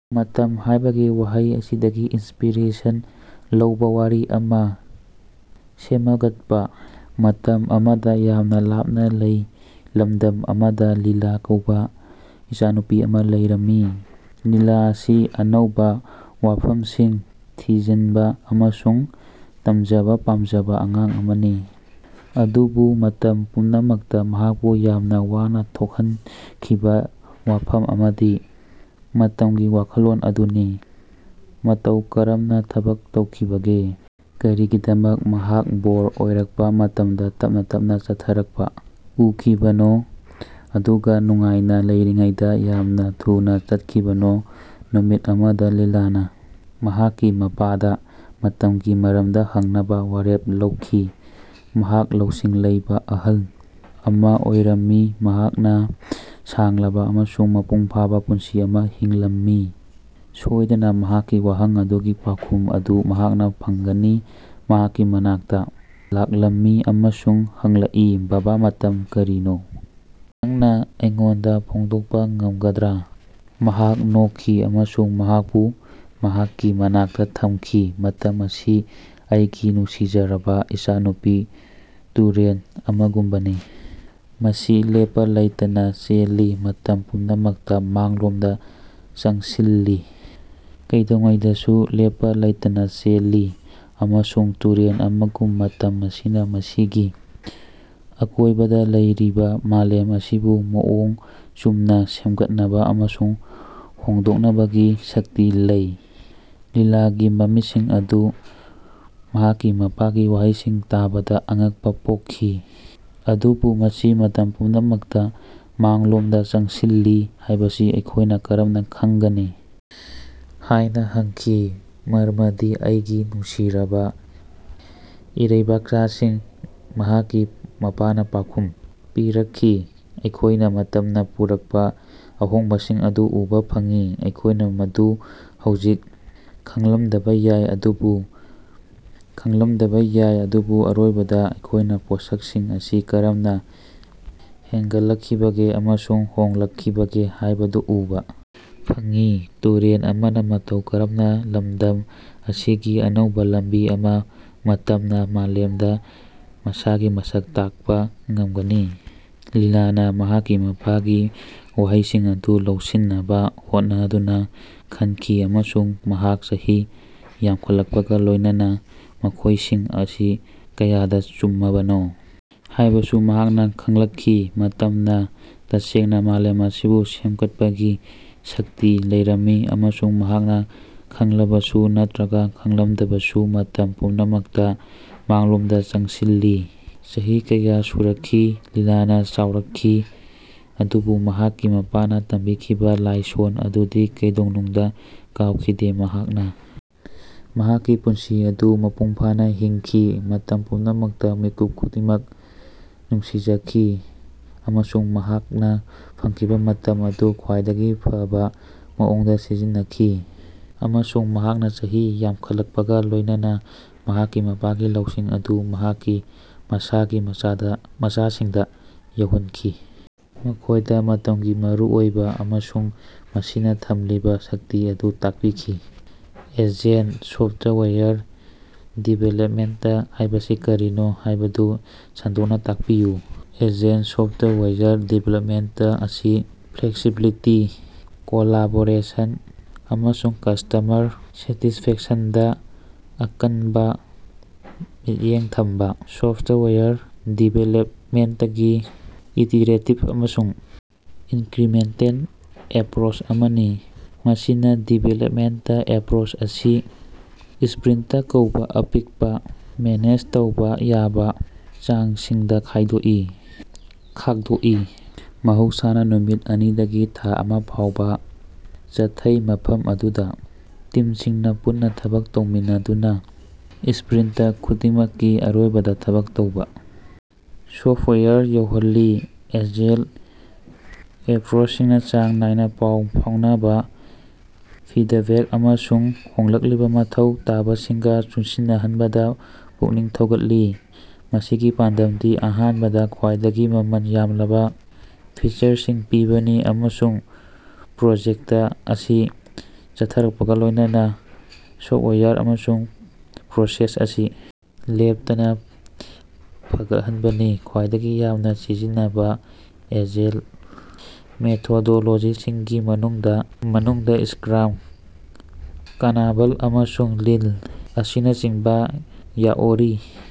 ꯃꯇꯝ ꯍꯥꯢꯕꯒꯤ ꯋꯥꯍꯩ ꯑꯁꯤꯗꯒꯤ ꯏꯟꯁꯄꯤꯔꯦꯁꯟ ꯂꯧꯕꯥ ꯋꯥꯔꯤ ꯑꯃꯥ ꯁꯦꯃꯒꯠꯄꯥ꯫ ꯃꯇꯝ ꯑꯃꯗ ꯌꯥꯝꯅ ꯂꯥꯞꯅ ꯂꯩ ꯂꯝꯗꯝ ꯑꯃꯗ ꯂꯤꯂꯥ ꯀꯧꯕꯥ ꯏꯆꯥꯅꯨꯄꯤ ꯑꯃ ꯂꯩꯔꯝꯃꯤ꯫ ꯂꯤꯂꯥ ꯑꯁꯤ ꯑꯅꯧꯕꯥ ꯋꯥꯐꯝꯁꯤꯡ ꯊꯤꯖꯤꯟꯕ ꯑꯃꯁꯨꯡ ꯇꯝꯖꯕ ꯄꯥꯝꯖꯕ ꯑꯉꯥꯡ ꯑꯃꯅꯤ꯫ ꯑꯗꯨꯕꯨ ꯃꯇꯝ ꯄꯨꯝꯅꯃꯛꯇ ꯃꯍꯥꯛꯄꯨ ꯌꯥꯝꯅ ꯋꯥꯅ ꯊꯣꯛꯍꯟꯈꯤꯕ ꯋꯥꯐꯝ ꯑꯃꯗꯤ ꯃꯇꯝꯒꯤ ꯋꯥꯈꯜꯂꯣꯟ ꯑꯗꯨꯅꯤ꯫ ꯃꯇꯧ ꯀꯔꯝꯅ ꯊꯕꯛ ꯇꯧꯈꯤꯕꯒꯦ? ꯀꯔꯤꯒꯤꯗꯃꯛ ꯃꯍꯥꯛ ꯕꯣꯔ ꯑꯣꯏꯔꯛꯄ ꯃꯇꯝꯗ ꯇꯞꯅ ꯇꯞꯅ ꯆꯠꯊꯔꯛꯄ ꯎꯈꯤꯕꯅꯣ, ꯑꯗꯨꯒꯥ ꯅꯨꯡꯉꯥꯏꯅꯥ ꯂꯩꯔꯤꯉꯩꯗꯥ ꯌꯥꯝꯅꯥ ꯊꯨꯅꯥ ꯆꯠꯈꯤꯕꯅꯣ? ꯅꯨꯃꯤꯠ ꯑꯃꯗ ꯂꯤꯂꯥꯅ ꯃꯍꯥꯛꯀꯤ ꯃꯄꯥꯗ ꯃꯇꯝꯒꯤ ꯃꯔꯝꯗ ꯍꯪꯅꯕꯥ ꯋꯥꯔꯦꯞ ꯂꯧꯈꯤ꯫ ꯃꯍꯥꯛ ꯂꯧꯁꯤꯡ ꯂꯩꯕꯥ ꯑꯍꯜ ꯑꯃ ꯑꯣꯏꯔꯝꯃꯤ ꯃꯍꯥꯛꯅ ꯁꯥꯡꯂꯕ ꯑꯃꯁꯨꯡ ꯃꯄꯨꯡ ꯐꯥꯕ ꯄꯨꯟꯁꯤ ꯑꯃ ꯍꯤꯡꯂꯝꯃꯤ꯫ ꯁꯣꯢꯗꯅ ꯃꯍꯥꯛꯀꯤ ꯋꯥꯍꯪ ꯑꯗꯨꯒꯤ ꯄꯥꯎꯈꯨꯝ ꯑꯗꯨ ꯃꯍꯥꯛꯅ ꯐꯪꯒꯅꯤ꯫ ꯃꯍꯥꯛꯀꯤ ꯃꯅꯥꯛꯇ ꯂꯥꯛꯂꯝꯃꯤ ꯑꯃꯁꯨꯡ ꯍꯪꯂꯛꯏ ꯕꯥꯕꯥ ꯃꯇꯝ ꯀꯔꯤꯅꯣ? ꯅꯪꯅꯥ ꯑꯩꯉꯣꯟꯗꯥ ꯐꯣꯡꯗꯣꯛꯄ ꯉꯝꯒꯗ꯭ꯔꯥ? ꯃꯍꯥꯛ ꯅꯣꯛꯈꯤ ꯑꯃꯁꯨꯡ ꯃꯍꯥꯛꯄꯨ ꯃꯍꯥꯛꯀꯤ ꯃꯅꯥꯛꯇꯥ ꯊꯝꯈꯤ꯫ ꯃꯇꯝ ꯑꯁꯤ ꯑꯩꯒꯤ ꯅꯨꯡꯁꯤꯖꯔꯕ ꯏꯆꯥꯅꯨꯄꯤ ꯇꯨꯔꯦꯜ ꯑꯃꯒꯨꯝꯕꯅꯤ꯫ ꯃꯁꯤ ꯂꯦꯞꯄꯥ ꯂꯩꯇꯅꯥ ꯆꯦꯜꯂꯤ ꯃꯇꯝ ꯄꯨꯝꯅꯃꯛꯇꯥ ꯃꯥꯡꯂꯣꯝꯗꯥ ꯆꯪꯁꯤꯜꯂꯤ ꯀꯩꯗꯧꯉꯩꯗꯁꯨ ꯂꯦꯞꯄ ꯂꯩꯇꯅ ꯆꯠꯂꯤ꯫ ꯑꯃꯁꯨꯡ ꯇꯨꯔꯦꯜ ꯑꯃꯒꯨꯝꯅ ꯃꯇꯝ ꯑꯁꯤꯅ ꯃꯁꯤꯒꯤ ꯑꯀꯣꯢꯕꯗ ꯂꯩꯔꯤꯕꯥ ꯃꯥꯂꯦꯝ ꯑꯁꯤꯕꯨ ꯃꯑꯣꯡ ꯆꯨꯝꯅꯥ ꯁꯦꯝꯒꯠꯅꯕ ꯑꯃꯁꯨꯡ ꯍꯣꯡꯗꯣꯛꯅꯕꯒꯤ ꯁꯛꯇꯤ ꯂꯩ꯫ ꯂꯤꯂꯥꯒꯤ ꯃꯃꯤꯠꯁꯤꯡ ꯑꯗꯨ ꯃꯍꯥꯛꯀꯤ ꯃꯄꯥꯒꯤ ꯋꯥꯍꯩꯁꯤꯡ ꯇꯥꯕꯗꯥ ꯑꯉꯛꯄꯥ ꯄꯣꯛꯈꯤ꯫ ꯑꯗꯨꯕꯨ ꯃꯁꯤ ꯃꯇꯝ ꯄꯨꯝꯅꯃꯛꯇ ꯃꯥꯡꯂꯣꯝꯗ ꯆꯪꯁꯤꯜꯂꯤ ꯍꯥꯢꯕꯁꯤ ꯑꯩꯈꯣꯢꯅ ꯀꯔꯝꯅꯥ ꯈꯡꯒꯅꯤ? ꯍꯥꯢꯅ ꯍꯪꯈꯤ꯫ ꯃꯔꯃꯗꯤ ꯑꯩꯒꯤ ꯅꯨꯡꯁꯤꯔꯕꯥ ꯏꯔꯩꯕꯥꯛꯆꯥꯁꯤꯡ ꯃꯍꯥꯛꯀꯤ ꯃꯄꯥꯅ ꯄꯥꯎꯈꯨꯝ ꯄꯤꯔꯛꯈꯤ ꯑꯩꯈꯣꯢꯅ ꯃꯇꯝꯅ ꯄꯨꯔꯛꯄ ꯑꯍꯣꯡꯕꯁꯤꯡ ꯑꯗꯨ ꯎꯕꯥ ꯐꯪꯏ꯫ ꯑꯩꯈꯣꯢꯅ ꯃꯗꯨ ꯍꯧꯖꯤꯛ ꯈꯡꯂꯝꯗꯕ ꯌꯥꯏ ꯑꯗꯨꯕꯨ ꯑꯔꯣꯏꯕꯗ ꯑꯩꯈꯣꯢꯅ ꯄꯣꯠꯁꯛꯁꯤꯡ ꯑꯁꯤ ꯀꯔꯝꯅ ꯍꯦꯟꯒꯠꯂꯛꯈꯤꯕꯒꯦ ꯑꯃꯁꯨꯡ ꯍꯣꯡꯂꯛꯈꯤꯕꯒꯦ ꯍꯥꯢꯕꯗꯨ ꯎꯕꯥ ꯐꯪꯏ꯫ ꯇꯨꯔꯦꯜ ꯑꯃꯅ ꯃꯇꯧ ꯀꯔꯝꯅ ꯂꯝꯗꯝ ꯑꯁꯤꯒꯤ ꯑꯅꯧꯕ ꯂꯝꯕꯤ ꯑꯃ ꯃꯇꯝꯅ ꯃꯥꯂꯦꯝꯗ ꯃꯁꯥꯒꯤ ꯃꯁꯛ ꯇꯥꯛꯄ ꯉꯝꯒꯅꯤ꯫ ꯂꯤꯂꯥꯅ ꯃꯍꯥꯛꯀꯤ ꯃꯄꯥꯒꯤ ꯋꯥꯍꯩꯁꯤꯡ ꯑꯗꯨ ꯂꯧꯁꯤꯟꯅꯕ ꯍꯣꯠꯅꯗꯨꯅ ꯈꯟꯈꯤ ꯑꯃꯁꯨꯡ ꯃꯍꯥꯛ ꯆꯍꯤ ꯌꯥꯝꯈꯠꯂꯛꯄꯒ ꯂꯣꯢꯅꯅꯥ ꯃꯈꯣꯢꯁꯤꯡ ꯑꯁꯤ ꯀꯌꯥꯗ ꯆꯨꯝꯃꯕꯅꯣ ꯍꯥꯢꯕꯁꯨ ꯃꯍꯥꯛꯅ ꯈꯡꯂꯛꯈꯤ꯫ ꯃꯇꯝꯅ ꯇꯁꯦꯡꯅ ꯃꯥꯂꯦꯝ ꯑꯁꯤꯕꯨ ꯁꯦꯝꯒꯠꯄꯒꯤ ꯁꯛꯇꯤ ꯂꯩꯔꯝꯃꯤ ꯑꯃꯁꯨꯡ ꯃꯍꯥꯛꯅ ꯈꯡꯂꯕꯁꯨ ꯅꯠꯇ꯭ꯔꯒ ꯈꯡꯂꯝꯗꯕꯁꯨ ꯃꯇꯝ ꯄꯨꯝꯅꯃꯛꯇ ꯃꯥꯡꯂꯣꯝꯗ ꯆꯪꯁꯤꯜꯂꯤ꯫ ꯆꯍꯤ ꯀꯌꯥ ꯁꯨꯔꯛꯈꯤ ꯂꯤꯂꯥꯅ ꯆꯥꯎꯔꯛꯈꯤ ꯑꯗꯨꯕꯨ ꯃꯍꯥꯛꯀꯤ ꯃꯄꯥꯅ ꯇꯝꯕꯤꯈꯤꯕ ꯂꯥꯏꯁꯣꯟ ꯑꯗꯨꯗꯤ ꯀꯩꯗꯧꯅꯨꯡꯗ ꯀꯥꯎꯈꯤꯗꯦ꯫ ꯃꯍꯥꯛꯅ ꯃꯍꯥꯛꯀꯤ ꯄꯨꯟꯁꯤ ꯑꯗꯨ ꯃꯄꯨꯡ ꯐꯥꯅ ꯍꯤꯡꯈꯤ ꯃꯇꯝ ꯄꯨꯝꯅꯃꯛꯇ ꯃꯤꯀꯨꯞ ꯈꯨꯗꯤꯡꯃꯛ ꯅꯨꯡꯁꯤꯖꯈꯤ ꯑꯃꯁꯨꯡ ꯃꯍꯥꯛꯅ ꯐꯪꯈꯤꯕ ꯃꯇꯝ ꯑꯗꯨ ꯈ꯭ꯋꯥꯏꯗꯒꯤ ꯐꯕꯥ ꯃꯑꯣꯡꯗ ꯁꯤꯖꯤꯟꯅꯈꯤ ꯑꯃꯁꯨꯡ ꯃꯍꯥꯛꯅ ꯆꯍꯤ ꯌꯥꯝꯈꯠꯂꯛꯄꯒ ꯂꯣꯢꯅꯅꯥ ꯃꯍꯥꯛꯀꯤ ꯃꯄꯥꯒꯤ ꯂꯧꯁꯤꯡ ꯑꯗꯨ ꯃꯍꯥꯛꯀꯤ ꯃꯁꯥꯒꯤ ꯃꯆꯥꯁꯤꯡꯗ ꯌꯧꯍꯟꯈꯤ ꯃꯈꯣꯢꯗ ꯃꯇꯝꯒꯤ ꯃꯔꯨꯑꯣꯏꯕ ꯑꯃꯁꯨꯡ ꯃꯁꯤꯅ ꯊꯝꯂꯤꯕ ꯁꯛꯇꯤ ꯑꯗꯨ ꯇꯥꯛꯄꯤꯈꯤ꯫ ꯑꯦꯖꯤꯜ ꯁꯣꯐꯇꯋꯥꯌꯔ ꯗꯤꯚꯦꯂꯞꯃꯦꯟꯇ ꯍꯥꯢꯕꯁꯤ ꯀꯔꯤꯅꯣ ꯍꯥꯢꯕꯗꯨ ꯁꯟꯗꯣꯛꯅ ꯇꯥꯛꯄꯤꯌꯨ꯫ ꯑꯦꯖꯤꯜ ꯁꯣꯐꯇꯋꯥꯌꯔ ꯗꯤꯚꯦꯂꯞꯃꯦꯟꯇ ꯑꯁꯤ ꯐ꯭ꯂꯦꯛꯁꯤꯕꯤꯂꯤꯇꯤ, ꯀꯣꯂꯥꯕꯣꯔꯦꯁꯟ, ꯑꯃꯁꯨꯡ ꯀꯁꯇꯃꯔ ꯁꯦꯇꯤꯁꯐꯦꯛꯁꯟꯗꯥ ꯑꯀꯟꯕ ꯃꯤꯠꯌꯦꯡ ꯊꯝꯕ ꯁꯣꯐꯇꯋꯥꯌꯔ ꯗꯤꯚꯦꯂꯄꯃꯦꯟꯇꯒꯤ ꯏꯇꯤꯔꯦꯇꯤꯚ ꯑꯃꯁꯨꯡ ꯏꯟꯀ꯭ꯔꯤꯃꯦꯟꯇꯦꯜ ꯑꯦꯄ꯭ꯔꯣꯆ ꯑꯃꯅꯤ꯫ ꯃꯁꯤꯅꯥ ꯗꯤꯕꯦꯂꯞꯃꯦꯟꯇ ꯄ꯭ꯔꯣꯁꯦꯁ ꯑꯁꯤ ꯁꯄ꯭ꯔꯤꯟꯇ ꯀꯧꯕꯥ ꯑꯄꯤꯛꯄ ꯃꯦꯅꯦꯖ ꯇꯧꯕꯥ ꯌꯥꯕ ꯆꯥꯡꯁꯤꯡꯗꯥ ꯈꯥꯛꯗꯣꯛꯏ ꯃꯍꯧꯁꯥꯅ ꯅꯨꯃꯤꯠ ꯑꯅꯤꯗꯒꯤ ꯊꯥ ꯑꯃꯥ ꯐꯥꯎꯕꯥ ꯆꯠꯊꯩ ꯃꯐꯝ ꯑꯗꯨꯗꯥ ꯇꯤꯝꯁꯤꯡꯅꯥ ꯄꯨꯟꯅꯥ ꯊꯕꯛ ꯇꯧꯃꯤꯟꯅꯗꯨꯅꯥ ꯁꯄ꯭ꯔꯤꯟꯇ ꯈꯨꯗꯤꯡꯃꯛꯀꯤ ꯑꯔꯣꯏꯕꯗ ꯊꯕꯛ ꯇꯧꯕꯥ ꯁꯣꯐꯋꯦꯌꯔ ꯌꯧꯍꯜꯂꯤ꯫ ꯑꯦꯖꯤꯜ ꯑꯦꯄ꯭ꯔꯣꯆꯁꯤꯡꯅ ꯆꯥꯡ ꯅꯥꯏꯅ ꯄꯥꯎ ꯐꯥꯎꯅꯕ, ꯐꯤꯗꯕꯦꯛ ꯑꯃꯁꯨꯡ ꯍꯣꯡꯂꯛꯂꯤꯕ ꯃꯊꯧ ꯇꯥꯕꯁꯤꯡꯒ ꯆꯨꯁꯤꯟꯅꯍꯟꯕꯗ ꯄꯨꯛꯅꯤꯡ ꯊꯧꯒꯠꯂꯤ꯫ ꯃꯁꯤꯒꯤ ꯄꯥꯟꯗꯝꯗꯤ ꯑꯍꯥꯟꯕꯗ ꯈ꯭ꯋꯥꯏꯗꯒꯤ ꯃꯃꯜ ꯌꯥꯝꯂꯕ ꯐꯤꯆꯔꯁꯤꯡ ꯄꯤꯕꯅꯤ ꯑꯃꯁꯨꯡ ꯄ꯭ꯔꯣꯖꯦꯛꯇ ꯑꯁꯤ ꯆꯠꯊꯔꯛꯄꯒ ꯂꯣꯢꯅꯅ ꯁꯣꯐꯋꯦꯌꯔ ꯑꯃꯁꯨꯡ ꯄ꯭ꯔꯣꯁꯦꯁ ꯑꯁꯤ ꯂꯦꯞꯇꯅ ꯐꯒꯠꯍꯟꯕꯅꯤ꯫ ꯈ꯭ꯋꯥꯏꯗꯒꯤ ꯌꯥꯝꯅ ꯁꯤꯖꯤꯟꯅꯕ ꯑꯦꯖꯤꯜ ꯃꯦꯊꯣꯗꯣꯂꯣꯖꯤꯁꯤꯡꯒꯤ ꯃꯅꯨꯡꯗꯥ ꯁꯀ꯭ꯔꯥꯝ, ꯀꯥꯅꯕꯟ, ꯑꯃꯁꯨꯡ ꯂꯤꯟ ꯑꯁꯤꯅꯆꯤꯡꯕꯥ ꯌꯥꯑꯣꯔꯤ꯫